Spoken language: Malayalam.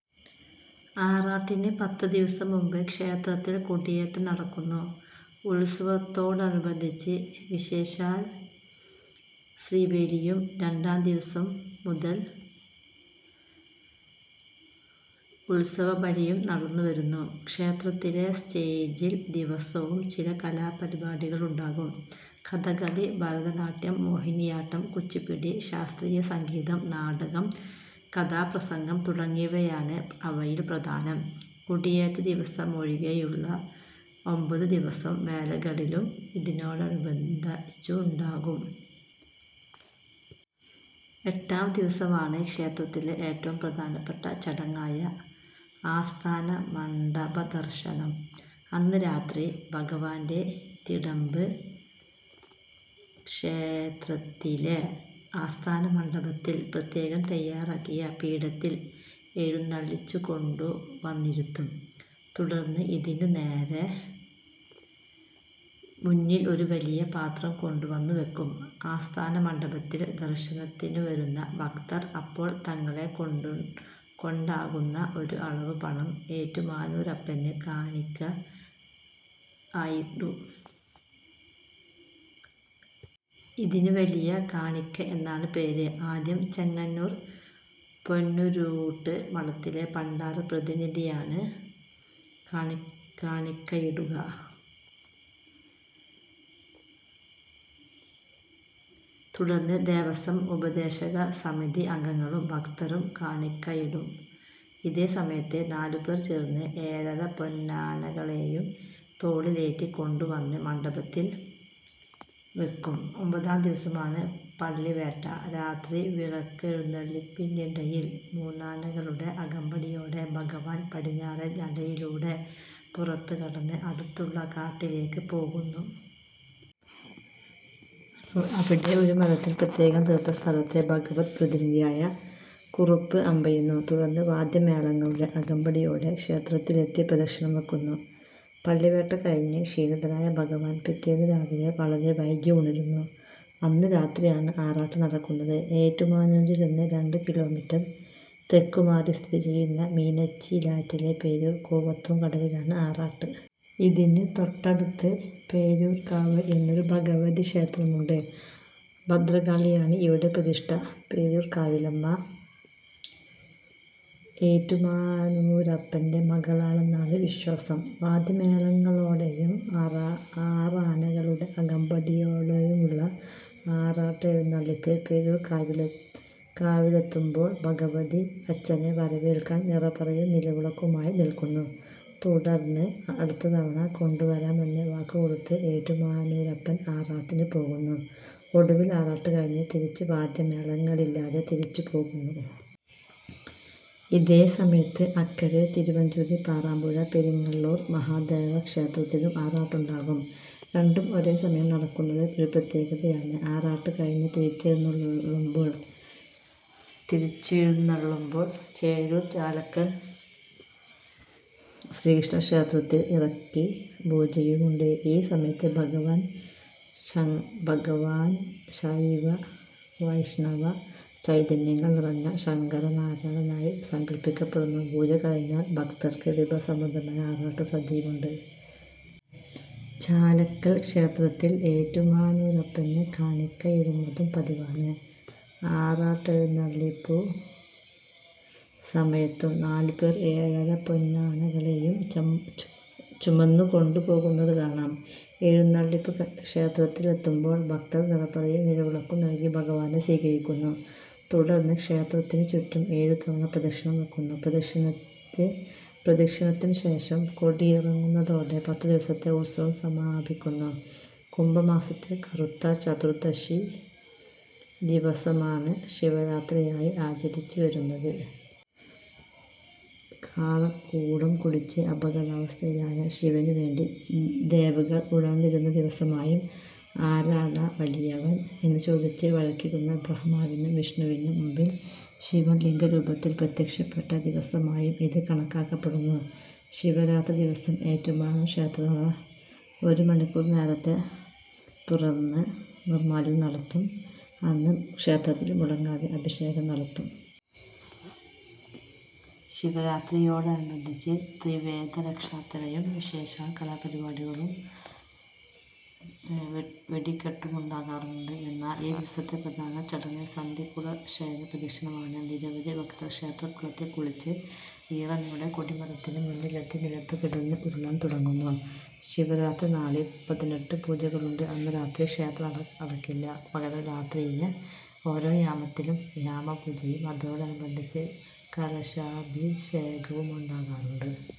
ആറാട്ടിന് പത്തുദിവസം മുമ്പ് ക്ഷേത്രത്തിൽ കൊടിയേറ്റം നടക്കുന്നു. ഉത്സവത്തോടനുബന്ധിച്ച് വിശേഷാൽ ശീവേലിയും രണ്ടാം ദിവസം മുതൽ ഉത്സവബലിയും നടന്നുവരുന്നു. ക്ഷേത്രത്തിലെ സ്റ്റേജിൽ ദിവസവും ചില കലാപരിപാടികളുണ്ടാകും. കഥകളി, ഭരതനാട്യം, മോഹിനിയാട്ടം, കുച്ചിപ്പുഡി, ശാസ്ത്രീയ സംഗീതം, നാടകം, കഥാപ്രസംഗം തുടങ്ങിയവയാണ് അവയിൽ പ്രധാനം. കൊടിയേറ്റദിവസമൊഴികെയുള്ള ഒമ്പത് ദിവസം വേലകളിയും ഇതിനോടനുബന്ധിച്ചുണ്ടാകും. എട്ടാം ദിവസമാണ് ക്ഷേത്രത്തിലെ ഏറ്റവും പ്രധാനപ്പെട്ട ചടങ്ങായ ആസ്ഥാനമണ്ഡപദർശനം. അന്ന് അർദ്ധരാത്രി ഭഗവാന്റെ തിടമ്പ് ക്ഷേത്രത്തിലെ ആസ്ഥാനമണ്ഡപത്തിൽ പ്രത്യേകം തയ്യാറാക്കിയ പീഠത്തിൽ എഴുന്നള്ളിച്ചുകൊണ്ടുവന്നിരുത്തും. തുടർന്ന് ഇതിന് നേരെ മുന്നിൽ ഒരു വലിയ പാത്രം കൊണ്ടുവന്നുവയ്ക്കും. ആസ്ഥാനമണ്ഡപത്തിൽ ദർശനത്തിനുവരുന്ന ഭക്തർ അപ്പോൾ തങ്ങളെക്കൊണ്ടാകുന്ന ഒരു അളവ് പണം ഏറ്റുമാനൂരപ്പന് കാണിയ്ക്കയായിടും. ഇതിന് 'വലിയ കാണിയ്ക്ക' എന്നാണ് പേര്. ആദ്യം ചെങ്ങന്നൂർ പൊന്നുരൂട്ട് മഠത്തിലെ പണ്ടാരപ്രതിനിധിയാണ് കാണിയ്ക്കയിടുക. തുടർന്ന് ദേവസ്വം, ഉപദേശകസമിതി അംഗങ്ങളും ഭക്തരും കാണിയ്ക്കയിടും. ഇതേ സമയത്ത്, നാലുപേർ ചേർന്ന് ഏഴരപ്പൊന്നാനകളെയും തോളിലേറ്റിക്കൊണ്ടുവന്ന് മണ്ഡപത്തിൽ വയ്ക്കും. ഒമ്പതാം ദിവസമാണ് പള്ളിവേട്ട. രാത്രി വിളക്കെഴുന്നള്ളിപ്പിനിടയിൽ മൂന്നാനകളുടെ അകമ്പടിയോടെ ഭഗവാൻ പടിഞ്ഞാറേ നടയിലൂടെ പുറത്തുകടന്ന് അടുത്തുള്ള കാട്ടിലേയ്ക്ക് പോകുന്നു. അവിടെ ഒരു മരത്തിൽ പ്രത്യേകം തീർത്ത സ്ഥലത്ത് ഭഗവദ്പ്രതിനിധിയായ കുറുപ്പ് അമ്പെയ്യുന്നു. തുടർന്ന് വാദ്യമേളങ്ങളുടെ അകമ്പടിയോടെ ക്ഷേത്രത്തിലെത്തി പ്രദക്ഷിണം വയ്ക്കുന്നു. പള്ളിവേട്ട കഴിഞ്ഞ് ക്ഷീണിതനായ ഭഗവാൻ പിറ്റേന്ന് രാവിലെ വളരെ വൈകി ഉണരുന്നു. അന്ന് രാത്രിയാണ് ആറാട്ട് നടക്കുന്നത്. ഏറ്റുമാനൂരിൽ നിന്ന് രണ്ട് കിലോമീറ്റർ തെക്കുമാറി സ്ഥിതിചെയ്യുന്ന മീനച്ചിലാറ്റിലെ പേരൂർ പൂവത്തുംകടവിലാണ് ആറാട്ട്. ഇതിന് തൊട്ടടുത്ത് 'പേരൂർക്കാവ്' എന്നൊരു ഭഗവതിക്ഷേത്രമുണ്ട്. ഭദ്രകാളിയാണ് ഇവിടെ പ്രതിഷ്ഠ. പേരൂർക്കാവിലമ്മ ഏറ്റുമാനൂരപ്പന്റെ മകളാണെന്നാണ് വിശ്വാസം. വാദ്യമേളങ്ങളോടെയും ആറാനകളുടെ അകമ്പടിയോടെയുമുള്ള ആറാട്ടെഴുന്നള്ളിപ്പ് പേരൂർക്കാവിലെത്തുമ്പോൾ ഭഗവതി അച്ഛനെ വരവേൽക്കാൻ നിറപറയും നിലവിളക്കുമായി നിൽക്കുന്നു. തുടർന്ന്, അടുത്ത തവണ കൊണ്ടുവരാമെന്ന് വാക്കുകൊടുത്ത് ഏറ്റുമാനൂരപ്പൻ ആറാട്ടിന് പോകുന്നു. ഒടുവിൽ, ആറാട്ട് കഴിഞ്ഞ് തിരിച്ച് വാദ്യമേളങ്ങളില്ലാതെ തിരിച്ചുപോകുന്നു. ഇതേ സമയത്ത്, അക്കരെ തിരുവഞ്ചൂരിൽ പാറാമ്പുഴ പെരിങ്ങള്ളൂർ മഹാദേവക്ഷേത്രത്തിലും ആറാട്ടുണ്ടാകും. രണ്ടും ഒരേ സമയം നടക്കുന്നത് ഒരു പ്രത്യേകതയാണ്. ആറാട്ട് കഴിഞ്ഞ് തിരിച്ചെഴുന്നള്ളുമ്പോൾ പേരൂർ ചാലയ്ക്കൽ ശ്രീകൃഷ്ണക്ഷേത്രത്തിൽ ഇറക്കിപ്പൂജയുമുണ്ട്. ഈ സമയത്ത് ഭഗവാൻ ശൈവ-വൈഷ്ണവചൈതന്യങ്ങൾ നിറഞ്ഞ ശങ്കരനാരായണനായി സങ്കല്പിയ്ക്കപ്പെടുന്നു. പൂജ കഴിഞ്ഞാൽ ഭക്തർക്ക് വിഭവസമൃദ്ധമായ ആറാട്ടുസദ്യയുമുണ്ട്. ചാലയ്ക്കൽ ക്ഷേത്രത്തിൽ ഏറ്റുമാനൂരപ്പന് കാണിയ്ക്കയിടുന്നതും പതിവാണ്. ആറാട്ടെഴുന്നള്ളിപ്പുസമയത്തും നാലുപേർ ഏഴരപ്പൊന്നാനകളെയും ചുമന്നുകൊണ്ടുപോകുന്നത് കാണാം. എഴുന്നള്ളിപ്പ് ക്ഷേത്രത്തിലെത്തുമ്പോൾ ഭക്തർ നിറപറയും നിലവിളക്കും നൽകി ഭഗവാനെ സ്വീകരിയ്ക്കുന്നു. തുടർന്ന്, ക്ഷേത്രത്തിനുചുറ്റും ഏഴുതവണ പ്രദക്ഷിണം വയ്ക്കുന്നു. പ്രദക്ഷിണത്തിനുശേഷം കൊടിയിറങ്ങുന്നതോടെ പത്തുദിവസത്തെ ഉത്സവം സമാപിയ്ക്കുന്നു. കുംഭമാസത്തിൽ കറുത്ത ചതുർദ്ദശിദിവസമാണ് ശിവരാത്രിയായി ആചരിച്ചുവരുന്നത്. കാളകൂടം കുടിച്ച് അപകടാവസ്ഥയിലായ ശിവനുവേണ്ടി ദേവകൾ ഉണർന്നിരുന്ന ദിവസമായും 'ആരാടാ വലിയവൻ? ' എന്നുചോദിച്ച് വഴക്കിടുന്ന ബ്രഹ്മാവിനും വിഷ്ണുവിനും മുമ്പിൽ ശിവൻ ലിംഗരൂപത്തിൽ പ്രത്യക്ഷപ്പെട്ട ദിവസമായും ഇത് കണക്കാക്കപ്പെടുന്നു. ശിവരാത്രിദിവസം ഏറ്റുമാനൂർ ക്ഷേത്രനട ഒരുമണിക്കൂർ നേരത്തെ തുറന്ന് നിർമ്മാല്യം നടത്തും. അന്ന് ക്ഷേത്രത്തിൽ മുടങ്ങാതെ അഭിഷേകം നടത്തും. ശിവരാത്രിയോടനുബന്ധിച്ച് ത്രിവേദലക്ഷാർച്ചനയും വിശേഷാൽ കലാപരിപാടുകളും വെടിക്കെട്ടുമുണ്ടാകാറുണ്ട്. എന്നാൽ, ഈ ദിവസത്തെ പ്രധാന ചടങ്ങ് സന്ധ്യയ്ക്കുള്ള ശയനപ്രദക്ഷിണമാണ്. നിരവധി ഭക്തർ ക്ഷേത്രക്കുളത്തിൽ കുളിച്ച് ഈറനോടെ കൊടിമരത്തിന് മുന്നിലെത്തി നിലത്തുകിടന്ന് ഉരുളാൻ തുടങ്ങുന്നു. ശിവരാത്രിനാളിൽ പതിനെട്ട് പൂജകളുണ്ട്. അന്ന് രാത്രി ക്ഷേത്രനടയടയ്ക്കില്ല. പകരം, രാത്രിയിലെ ഓരോ യാമത്തിലും യാമപൂജയും അതോടനുബന്ധിച്ച് കലശാഭിഷേകവുമുണ്ടാകാറുണ്ട്.